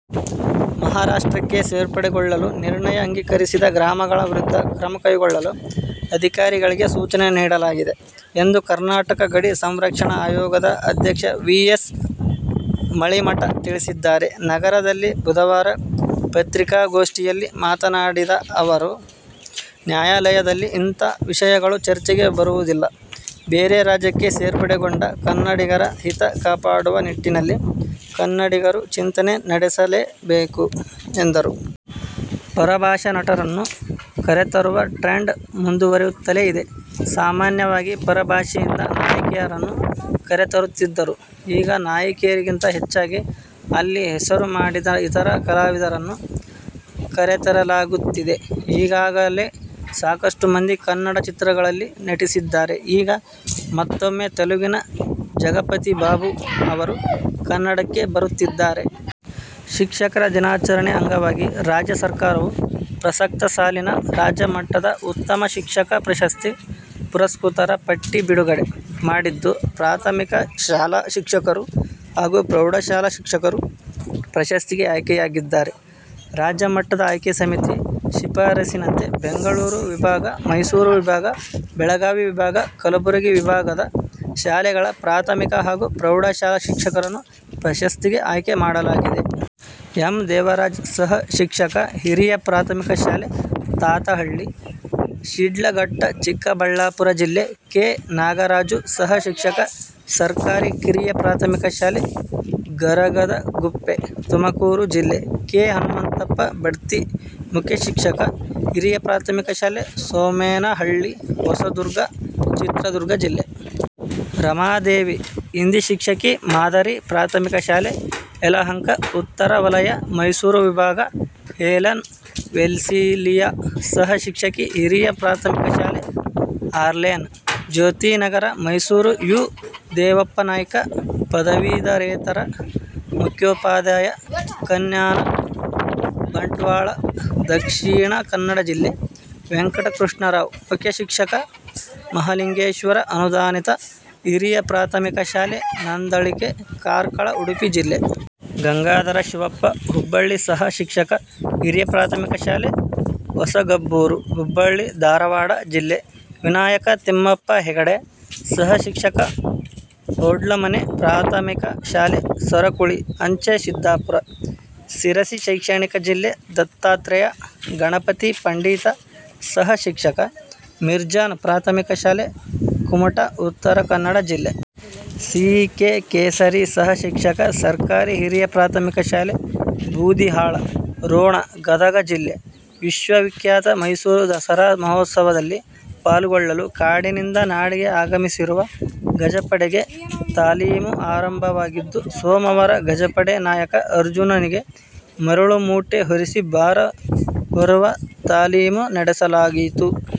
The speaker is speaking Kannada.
ಮಹಾರಾಷ್ಟ್ರಕ್ಕೆ ಸೇರ್ಪಡೆಗೊಳ್ಳಲು ನಿರ್ಣಯ ಅಂಗೀಕರಿಸಿದ ಗ್ರಾಮಗಳ ವಿರುದ್ಧ ಕ್ರಮ ಕೈಗೊಳ್ಳಲು ಅಧಿಕಾರಿಗಳಿಗೆ ಸೂಚನೆ ನೀಡಲಾಗಿದೆ ಎಂದು ಕರ್ನಾಟಕ ಗಡಿ ಸಂರಕ್ಷಣಾ ಆಯೋಗದ ಅಧ್ಯಕ್ಷ ವಿ. ಎಸ್. ಮಳಿಮಠ ತಿಳಿಸಿದ್ದಾರೆ. ನಗರದಲ್ಲಿ ಬುಧವಾರ ಪತ್ರಿಕಾಗೋಷ್ಠಿಯಲ್ಲಿ ಮಾತನಾಡಿದ ಅವರು, ನ್ಯಾಯಾಲಯದಲ್ಲಿ ಇಂಥ ವಿಷಯಗಳು ಚರ್ಚೆಗೆ ಬರುವುದಿಲ್ಲ. ಬೇರೆ ರಾಜ್ಯಕ್ಕೆ ಸೇರ್ಪಡೆಗೊಂಡ ಕನ್ನಡಿಗರ ಹಿತ ಕಾಪಾಡುವ ನಿಟ್ಟಿನಲ್ಲಿ ಕನ್ನಡಿಗರು ಚಿಂತನೆ ನಡೆಸಬೇಕು ಎಂದರು. ಪರಭಾಷಾ ನಟರನ್ನು ಕರೆತರುವ ಟ್ರೆಂಡ್ ಮುಂದುವರೆಯುತ್ತಲೇ ಇದೆ. ಸಾಮಾನ್ಯವಾಗಿ ಪರಭಾಷೆಯಿಂದ ನಾಯಕಿಯರನ್ನು ಕರೆತರುತ್ತಿದ್ದರು. ಈಗ ನಾಯಕಿಯರಿಗಿಂತ ಹೆಚ್ಚಾಗಿ ಅಲ್ಲಿ ಹೆಸರು ಮಾಡಿದ ಇತರ ಕಲಾವಿದರನ್ನು ಕರೆತರಲಾಗುತ್ತಿದೆ. ಈಗಾಗಲೇ ಸಾಕಷ್ಟು ಮಂದಿ ಕನ್ನಡ ಚಿತ್ರಗಳಲ್ಲಿ ನಟಿಸಿದ್ದಾರೆ. ಈಗ ಮತ್ತೂಮ್ಮೆ ತೆಲುಗಿನ ಜಗಪತಿ ಬಾಬು ಅವರು ಕನ್ನಡಕ್ಕೆ ಬರುತ್ತಿದ್ದಾರೆ. ಶಿಕ್ಷಕರ ದಿನಾಚರಣೆ ಅಂಗವಾಗಿ ರಾಜ್ಯ ಸರ್ಕಾರವು ಪ್ರಸಕ್ತ ಸಾಲಿನ ರಾಜ್ಯಮಟ್ಟದ ಉತ್ತಮ ಶಿಕ್ಷಕ ಪ್ರಶಸ್ತಿ ಪುರಸ್ಕೃತರ ಪಟ್ಟಿ ಬಿಡುಗಡೆ ಮಾಡಿದ್ದು, ಪ್ರಾಥಮಿಕ ಶಾಲಾ ಶಿಕ್ಷಕರು ಹಾಗೂ ಪ್ರೌಢಶಾಲಾ ಶಿಕ್ಷಕರು ಪ್ರಶಸ್ತಿಗೆ ಆಯ್ಕೆಯಾಗಿದ್ದಾರೆ. ರಾಜ್ಯ ಮಟ್ಟದ ಆಯ್ಕೆ ಸಮಿತಿ ಶಿಫಾರಸಿನಂತೆ ಬೆಂಗಳೂರು ವಿಭಾಗ, ಮೈಸೂರು ವಿಭಾಗ, ಬೆಳಗಾವಿ ವಿಭಾಗ, ಕಲಬುರಗಿ ವಿಭಾಗದ ಶಾಲೆಗಳ ಪ್ರಾಥಮಿಕ ಹಾಗೂ ಪ್ರೌಢಶಾಲಾ ಶಿಕ್ಷಕರನ್ನು ಪ್ರಶಸ್ತಿಗೆ ಆಯ್ಕೆ ಮಾಡಲಾಗಿದೆ. ಎಂ. ದೇವರಾಜ್- ಸಹ ಶಿಕ್ಷಕ, ಹಿರಿಯ ಪ್ರಾಥಮಿಕ ಶಾಲೆ, ತಾತಹಳ್ಳಿ, ಶಿಡ್ಲಘಟ್ಟ, ಚಿಕ್ಕಬಳ್ಳಾಪುರ ಜಿಲ್ಲೆ. ಕೆ. ನಾಗರಾಜು- ಸಹ ಶಿಕ್ಷಕ, ಸರ್ಕಾರಿ ಕಿರಿಯ ಪ್ರಾಥಮಿಕ ಶಾಲೆ, ಗರಗದಗುಪ್ಪೆ, ತುಮಕೂರು ಜಿಲ್ಲೆ. ಕೆ. ಹನುಮಂತಪ್ಪ- ಬಡ್ತಿ ಮುಖ್ಯ ಶಿಕ್ಷಕ, ಹಿರಿಯ ಪ್ರಾಥಮಿಕ ಶಾಲೆ, ಸೋಮೇನಹಳ್ಳಿ, ಹೊಸದುರ್ಗ, ಚಿತ್ರದುರ್ಗ ಜಿಲ್ಲೆ. ರಮಾದೇವಿ- ಹಿಂದಿ ಶಿಕ್ಷಕಿ, ಮಾದರಿ ಪ್ರಾಥಮಿಕ ಶಾಲೆ, ಯಲಹಂಕ ಉತ್ತರ ವಲಯ. ಮೈಸೂರು ವಿಭಾಗ: ಹೆಲನ್ ವೆಲ್ಸಿಲೀಯ- ಸಹ ಶಿಕ್ಷಕಿ, ಹಿರಿಯ ಪ್ರಾಥಮಿಕ ಶಾಲೆ, ಹಾರ್ಲೇನ್ ಜ್ಯೋತಿನಗರ, ಮೈಸೂರು. ಯು. ದೇವಪ್ಪನಾಯ್ಕ- ಪದವೀಧರೇತರ ಮುಖ್ಯೋಪಾಧ್ಯಾಯ, ಕನ್ಯಾನ, ಬಂಟ್ವಾಳ, ದಕ್ಷಿಣ ಕನ್ನಡ ಜಿಲ್ಲೆ. ವೆಂಕಟಕೃಷ್ಣರಾವ್- ಮುಖ್ಯ ಶಿಕ್ಷಕ, ಮಹಾಲಿಂಗೇಶ್ವರ ಅನುದಾನಿತ ಹಿರಿಯ ಪ್ರಾಥಮಿಕ ಶಾಲೆ, ನಂದಳಿಕೆ, ಕಾರ್ಕಳ, ಉಡುಪಿ ಜಿಲ್ಲೆ. ಗಂಗಾಧರ ಶಿವಪ್ಪ ಹುಬ್ಬಳ್ಳಿ- ಸಹ ಶಿಕ್ಷಕ, ಹಿರಿಯ ಪ್ರಾಥಮಿಕ ಶಾಲೆ, ಹೊಸಗಬ್ಬೂರು, ಹುಬ್ಬಳ್ಳಿ, ಧಾರವಾಡ ಜಿಲ್ಲೆ. ವಿನಾಯಕ ತಿಮ್ಮಪ್ಪ ಹೆಗಡೆ- ಸಹ ಶಿಕ್ಷಕ, ಹೂಡ್ಲಮನೆ ಪ್ರಾಥಮಿಕ ಶಾಲೆ, ಸರಕುಳಿ ಅಂಚೆ, ಸಿದ್ದಾಪುರ, ಶಿರಸಿ ಶೈಕ್ಷಣಿಕ ಜಿಲ್ಲೆ. ದತ್ತಾತ್ರೇಯ ಗಣಪತಿ ಪಂಡಿತ- ಸಹ ಶಿಕ್ಷಕ, ಮಿರ್ಜಾನ ಪ್ರಾಥಮಿಕ ಶಾಲೆ, ಕುಮಟಾ, ಉತ್ತರ ಕನ್ನಡ ಜಿಲ್ಲೆ. ಸಿ. ಕೆ. ಕೇಸರಿ- ಸಹ ಶಿಕ್ಷಕ, ಸರ್ಕಾರಿ ಹಿರಿಯ ಪ್ರಾಥಮಿಕ ಶಾಲೆ, ಬೂದಿಹಾಳ, ರೋಣ, ಗದಗ ಜಿಲ್ಲೆ. ವಿಶ್ವ ವಿಖ್ಯಾತ ಮೈಸೂರು ದಸರಾ ಮಹೋತ್ಸವದಲ್ಲಿ ಪಾಲ್ಗೊಳ್ಳಲು ಕಾಡಿನಿಂದ ನಾಡಿಗೆ ಆಗಮಿಸಿರುವ ಗಜಪಡೆಗೆ ತಾಲೀಮು ಆರಂಭವಾಗಿದ್ದು, ಸೋಮವಾರ ಗಜಪಡೆ ನಾಯಕ ಅರ್ಜುನನಿಗೆ ಮರಳು ಮೂಟೆ ಹೊರಿಸಿ ಭಾರ ಹೊರುವ ತಾಲೀಮು ನಡೆಸಲಾಯಿತು.